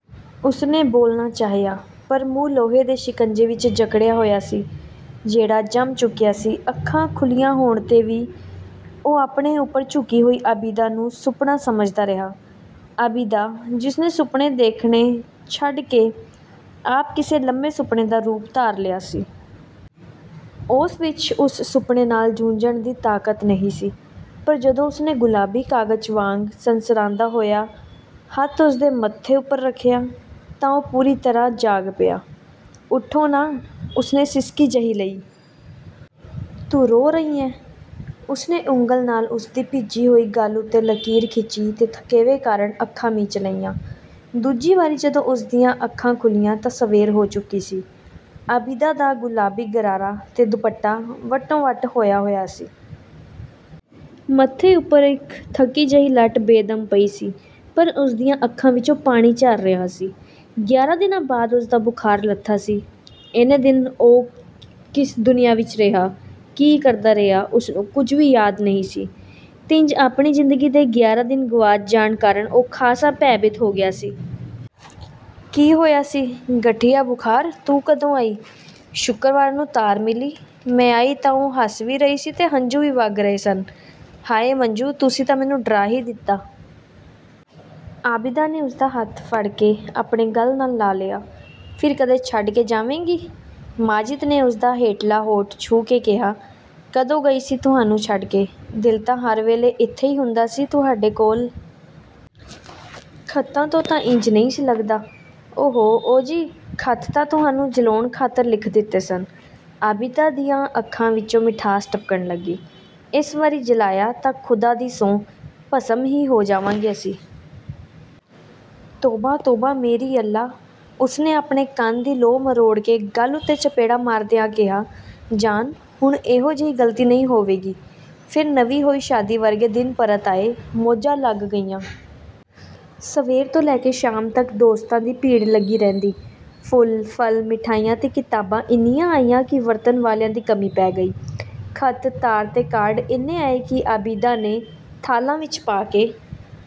ਉਸਨੇ ਬੋਲਣਾ ਚਾਹਿਆ, ਪਰ ਮੂੰਹ ਲੋਹੇ ਦੇ ਸ਼ਿਕੰਜੇ ਵਿੱਚ ਜਕੜਿਆ ਹੋਇਆ ਸੀ ਜਿਹੜਾ ਜੰਮ ਚੁੱਕਿਆ ਸੀ। ਅੱਖਾਂ ਖੁੱਲ੍ਹੀਆਂ ਹੋਣ 'ਤੇ ਵੀ ਉਹ ਆਪਣੇ ਉੱਪਰ ਝੁਕੀ ਹੋਈ ਆਬਿਦਾ ਨੂੰ ਸੁਪਨਾ ਸਮਝਦਾ ਰਿਹਾ। ਆਬਿਦਾ, ਜਿਸਨੇ ਸੁਪਨੇ ਦੇਖਣੇ ਛੱਡ ਕੇ ਆਪ ਕਿਸੇ ਲੰਮੇ ਸੁਪਨੇ ਦਾ ਰੂਪ ਧਾਰ ਲਿਆ ਸੀ। ਉਸ ਵਿੱਚ ਉਸ ਸੁਪਨੇ ਨਾਲ ਜੂਝਣ ਦੀ ਤਾਕਤ ਨਹੀਂ ਸੀ ਰਹੀ। ਪਰ ਜਦੋਂ ਉਸਨੇ ਗੁਲਾਬੀ ਕਾਗਜ਼ ਵਾਂਗ ਸਰਸਰਾਂਦਾ ਹੋਇਆ ਹੱਥ ਉਸਦੇ ਮੱਥੇ ਉੱਪਰ ਰੱਖਿਆ ਤਾਂ ਉਹ ਪੂਰੀ ਤਰ੍ਹਾਂ ਜਾਗ ਪਿਆ।"ਉਠੋ ਨਾ।" ਉਸਨੇ ਸਿਸਕੀ ਜਿਹੀ ਲਈ। "ਤੂੰ ਰੋ ਰਹੀ ਹੈਂ?" ਉਸਨੇ ਉਂਗਲ ਨਾਲ ਉਸਦੀ ਭਿੱਜੀ ਹੋਈ ਗੱਲ੍ਹ ਉੱਤੇ ਲਕੀਰ ਖਿੱਚੀ ਤੇ ਥਕੇਵੇਂ ਕਾਰਨ ਅੱਖਾਂ ਮੀਚ ਲਈਆਂ। ਦੂਜੀ ਵਾਰੀ ਜਦੋਂ ਉਸਦੀਆਂ ਅੱਖਾਂ ਖੁੱਲ੍ਹੀਆਂ ਤਾਂ ਸਵੇਰ ਹੋ ਚੁੱਕੀ ਸੀ। ਆਬਿਦਾ ਦਾ ਗੁਲਾਬੀ ਗਰਾਰਾ ਤੇ ਦੁਪੱਟਾ ਵੱਟੋ-ਵੱਟਹੋਇਆ-ਹੋਇਆ ਸੀ। ਮੱਥੇ ਉੱਪਰ ਇੱਕ ਥੱਕੀ ਜਿਹੀ ਲੱਟ ਬੇਦਮ ਪਈ ਸੀ, ਪਰ ਉਸਦੀਆਂ ਅੱਖਾਂ ਵਿੱਚੋਂ ਪਾਣੀ ਝਰ ਰਿਹਾ ਸੀ। ਗਿਆਰਾਂ ਦਿਨਾਂ ਬਾਅਦ ਉਸਦਾ ਬੁਖਾਰ ਲੱਥਾ ਸੀ। ਇੰਨੇ ਦਿਨ ਉਹ ਕਿਸ ਦੁਨੀਆਂ ਵਿੱਚ ਰਿਹਾ, ਕੀ ਕਰਦਾ ਰਿਹਾ, ਉਸਨੂੰ ਕੁਝ ਵੀ ਯਾਦ ਨਹੀਂ ਸੀ ਤੇ ਇੰਜ ਆਪਣੀ ਜ਼ਿੰਦਗੀ ਦੇ ਗਿਆਰਾਂ ਦਿਨ ਗੁਆਚ ਜਾਣ ਕਾਰਨ ਉਹ ਖਾਸਾ ਭੈਭੀਤ ਹੋ ਗਿਆ ਸੀ। "ਕੀ ਹੋਇਆ ਸੀ?" "ਗਠੀਆ ਬੁਖ਼ਾਰ।" "ਤੂੰ ਕਦੋਂ ਆਈ?" "ਸ਼ੁਕਰਵਾਰ ਨੂੰ ਤਾਰ ਮਿਲੀ, ਮੈਂ ਆਈ ਤਾਂ" ਉਹ ਹੱਸ ਵੀ ਰਹੀ ਸੀ ਤੇ ਹੰਝੂ ਵੀ ਵਗ ਰਹੇ ਸਨ, "ਹਾਏ ਮੱਜੂ, ਤੁਸੀਂ ਤਾਂ ਮੈਨੂੰ ਡਰਾ ਹੀ ਦਿੱਤਾ।" ਆਬਿਦਾ ਨੇ ਉਸਦਾ ਹੱਥ ਫੜ ਕੇ ਆਪਣੀ ਗੱਲ੍ਹ ਨਾਲ ਲਾ ਲਿਆ। "ਫਿਰ ਕਦੇ ਛੱਡ ਕੇ ਜਾਏਂਗੀ?" ਮਾਜਿਦ ਨੇ ਉਸਦਾ ਹੇਠਲਾ ਹੋਂਠ ਛੂਹ ਕੇ ਕਿਹਾ। "ਕਦੋਂ ਗਈ ਸਾਂ ਤੁਹਾਨੂੰ ਛੱਡ ਕੇ, ਦਿਲ ਤਾਂ ਹਰ ਵੇਲੇ ਇੱਥੇ ਹੀ ਹੁੰਦਾ ਸੀ ਤੁਹਾਡੇ ਕੋਲ।" "ਖ਼ਤਾਂ ਤੋਂ ਤਾਂ ਇੰਜ ਨਹੀਂ ਸੀ ਲੱਗਦਾ।" "ਉਹ! ਓ-ਜੀ, ਖ਼ਤ ਤਾਂ ਤੁਹਾਨੂੰ ਜਲਾਉਣ ਖਾਤਰ ਲਿਖ ਦਿੱਤੇ ਸਨ।" ਆਬਿਦਾ ਦੀਆਂ ਅੱਖਾਂ ਵਿੱਚੋਂ ਮਿਠਾਸ ਟਪਕਣ ਲੱਗੀ। "ਇਸ ਵਾਰੀ ਜਲਾਇਆ ਤਾਂ ਖ਼ੁਦਾ ਦੀ ਸਹੁੰ ਭਸਮ ਹੀ ਹੋ ਜਾਵਾਂਗੇ ਅਸੀਂ।" "ਤੌਬਾ! ਤੌਬਾ ਮੇਰੀ! ਅੱਲਾ" ਉਸਨੇ ਆਪਣੇ ਕੰਨ ਦੀ ਲੌਂਅ ਮਰੋੜ ਕੇ, ਗੱਲ੍ਹ ਉੱਤੇ ਚਪੇੜਾਂ ਮਾਰਦਿਆਂ ਕਿਹਾ, "ਜਾਨ ਹੁਣ ਇਹੋ ਜਿਹੀ ਗ਼ਲਤੀ ਨਹੀਂ ਹੋਵੇਗੀ।" ਫਿਰ ਨਵੀਂ ਹੋਈ ਸ਼ਾਦੀ ਵਰਗੇ ਦਿਨ ਪਰਤ ਆਏ, ਮੌਜਾਂ ਲੱਗ ਗਈਆਂ। ਸਵੇਰ ਤੋਂ ਲੈ ਕੇ ਸ਼ਾਮ ਤੱਕ ਦੋਸਤਾਂ ਦੀ ਭੀੜ ਲੱਗੀ ਰਹਿੰਦੀ। ਫੁੱਲ, ਫਲ, ਮਿਠਿਆਈਆਂ ਤੇ ਕਿਤਾਬਾਂ ਇੰਨੀਆਂ ਆਈਆਂ ਕਿ ਵਰਤਣ ਵਾਲਿਆਂ ਦੀ ਕਮੀ ਪੈ ਗਈ। ਖ਼ਤ, ਤਾਰ ਤੇ ਕਾਰਡ ਇੰਨੇ ਆਏ ਕਿ ਆਬਿਦਾ ਨੇ ਥਾਲਾਂ ਵਿੱਚ ਪਾ ਕੇ